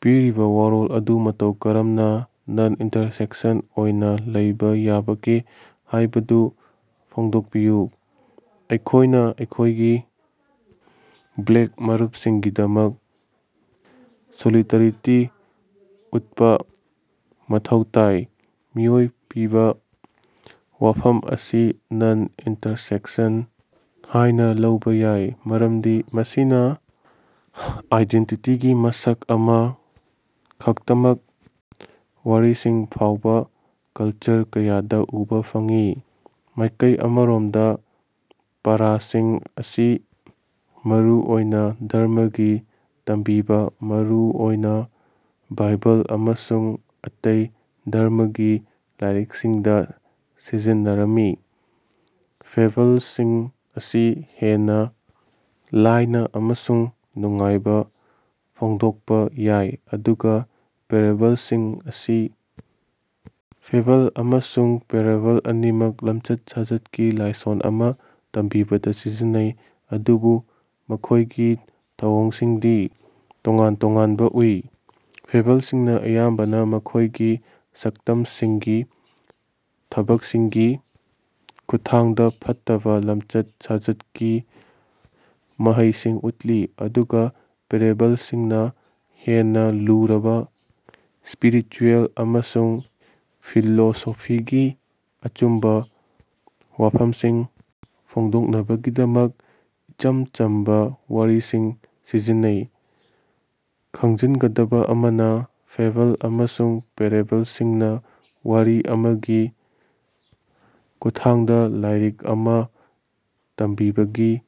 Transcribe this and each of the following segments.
ꯄꯤꯔꯤꯕꯥ ꯋꯥꯔꯣꯜ ꯑꯗꯨ ꯃꯇꯧ ꯀꯔꯝꯅꯥ ꯅꯟ-ꯏꯟꯇꯔꯁꯦꯛꯁꯟ ꯑꯣꯏꯅꯥ ꯂꯩꯕ ꯌꯥꯕꯒꯦ ꯍꯥꯏꯕꯗꯨ ꯐꯣꯡꯗꯣꯛꯄꯤꯌꯨ꯫ ꯑꯩꯈꯣꯏꯅꯥ ꯑꯩꯈꯣꯏꯒꯤ ꯕ꯭ꯂꯦꯛ ꯃꯔꯨꯞꯁꯤꯡꯒꯤꯗꯃꯛ ꯁꯣꯂꯤꯗꯥꯔꯤꯇꯤ ꯎꯠꯄꯥ ꯃꯊꯧ ꯇꯥꯏ꯫ ꯃꯤꯑꯣꯏ ꯄꯤꯕꯥ ꯋꯥꯐꯝ ꯑꯁꯤ ꯅꯟ-ꯏꯟꯇꯔꯁꯦꯛꯁꯟ ꯍꯥꯏꯅꯥ ꯂꯧꯕꯥ ꯌꯥꯏ ꯃꯔꯝꯗꯤ ꯃꯁꯤꯅꯥ ꯑꯥꯏꯗꯦꯟꯇꯤꯇꯤꯒꯤ ꯃꯁꯛ ꯑꯃꯥ ꯈꯛꯇꯃꯛ ꯋꯥꯔꯤꯁꯤꯡ ꯐꯥꯎꯕꯥ ꯀꯜꯆꯔ ꯀꯌꯥꯗꯥ ꯎꯕꯥ ꯐꯪꯏ꯫ ꯃꯥꯏꯀꯩ ꯑꯃꯔꯣꯝꯗꯥ ꯄꯥꯔꯥꯁꯤꯡ ꯑꯁꯤ ꯃꯔꯨ ꯑꯣꯏꯅꯥ ꯙꯔꯃꯒꯤ ꯇꯝꯕꯤꯕꯥ, ꯃꯔꯨ ꯑꯣꯏꯅꯥ ꯕꯥꯏꯕꯜ ꯑꯃꯁꯨꯡ ꯑꯇꯩ ꯙꯔꯃꯒꯤ ꯂꯥꯏꯔꯤꯛꯁꯤꯡꯗꯥ ꯁꯤꯖꯤꯟꯅꯔꯝꯃꯤ꯫ ꯐꯦꯕꯜꯁꯤꯡ ꯑꯁꯤ ꯍꯦꯟꯅꯥ ꯂꯥꯏꯅꯥ ꯑꯃꯁꯨꯡ ꯅꯨꯡꯉꯥꯏꯕꯥ ꯐꯣꯡꯗꯣꯛꯄꯥ ꯌꯥꯏ, ꯑꯗꯨꯒꯥ ꯄꯦꯔꯦꯕꯜꯁꯤꯡ ꯑꯁꯤ ꯐꯦꯕꯜ ꯑꯃꯁꯨꯡ ꯄꯦꯔꯦꯕꯜ ꯑꯅꯤꯃꯛ ꯂꯝꯆꯠ-ꯁꯥꯖꯠꯀꯤ ꯂꯥꯏꯁꯣꯟ ꯑꯃꯥ ꯇꯝꯕꯤꯕꯗꯥ ꯁꯤꯖꯤꯟꯅꯩ, ꯑꯗꯨꯕꯨ ꯃꯈꯣꯏꯒꯤ ꯊꯧꯑꯣꯡꯁꯤꯡꯗꯤ ꯇꯣꯉꯥꯟ-ꯇꯣꯉꯥꯟꯕꯥ ꯎꯏ꯫ ꯐꯦꯕꯜꯁꯤꯡꯅꯥ ꯑꯌꯥꯝꯕꯅꯥ ꯃꯈꯣꯏꯒꯤ ꯁꯛꯇꯝꯁꯤꯡꯒꯤ ꯊꯕꯛꯁꯤꯡꯒꯤ ꯈꯨꯠꯊꯥꯡꯗꯥ ꯐꯠꯇꯕꯥ ꯂꯝꯆꯠ-ꯁꯥꯖꯠꯀꯤ ꯃꯍꯩꯁꯤꯡ ꯎꯠꯂꯤ, ꯑꯗꯨꯒꯥ ꯄꯦꯔꯦꯕꯜꯁꯤꯡꯅꯥ ꯍꯦꯟꯅꯥ ꯂꯨꯔꯕꯥ ꯁ꯭ꯄꯤꯔꯤꯆꯨꯌꯦꯜ ꯑꯃꯁꯨꯡ ꯐꯤꯂꯣꯁꯣꯐꯤꯒꯤ ꯑꯆꯨꯝꯕꯥ ꯋꯥꯐꯝꯁꯤꯡ ꯐꯣꯡꯗꯣꯛꯅꯕꯒꯤꯗꯃꯛ ꯏꯆꯝ ꯆꯝꯕꯥ ꯋꯥꯔꯤꯁꯤꯡ ꯁꯤꯖꯤꯟꯅꯩ꯫ ꯈꯪꯖꯤꯟꯒꯗꯕꯥ ꯑꯃꯅꯥ, ꯐꯦꯕꯜ ꯑꯃꯁꯨꯡ ꯄꯦꯔꯦꯕꯜꯁꯤꯡꯅꯥ ꯋꯥꯔꯤ ꯑꯃꯒꯤ ꯈꯨꯠꯊꯥꯡꯗꯥ ꯂꯥꯏꯔꯤꯛ ꯑꯃꯥ ꯇꯝꯕꯤꯕꯒꯤ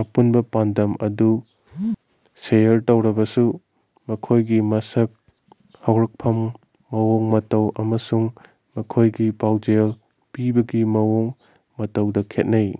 ꯑꯄꯨꯟꯕꯥ ꯄꯥꯟꯗꯝ ꯑꯗꯨ ꯁꯦꯌꯔ ꯇꯧꯔꯕꯁꯨ, ꯃꯈꯣꯏꯒꯤ ꯃꯁꯛ, ꯍꯧꯔꯛꯐꯝ, ꯃꯑꯣꯡ ꯃꯇꯧ ꯑꯃꯁꯨꯡ ꯃꯈꯣꯏꯒꯤ ꯄꯥꯎꯖꯦꯜ ꯄꯤꯕꯒꯤ ꯃꯑꯣꯡ ꯃꯇꯧꯗꯥ ꯈꯦꯠꯅꯩ꯫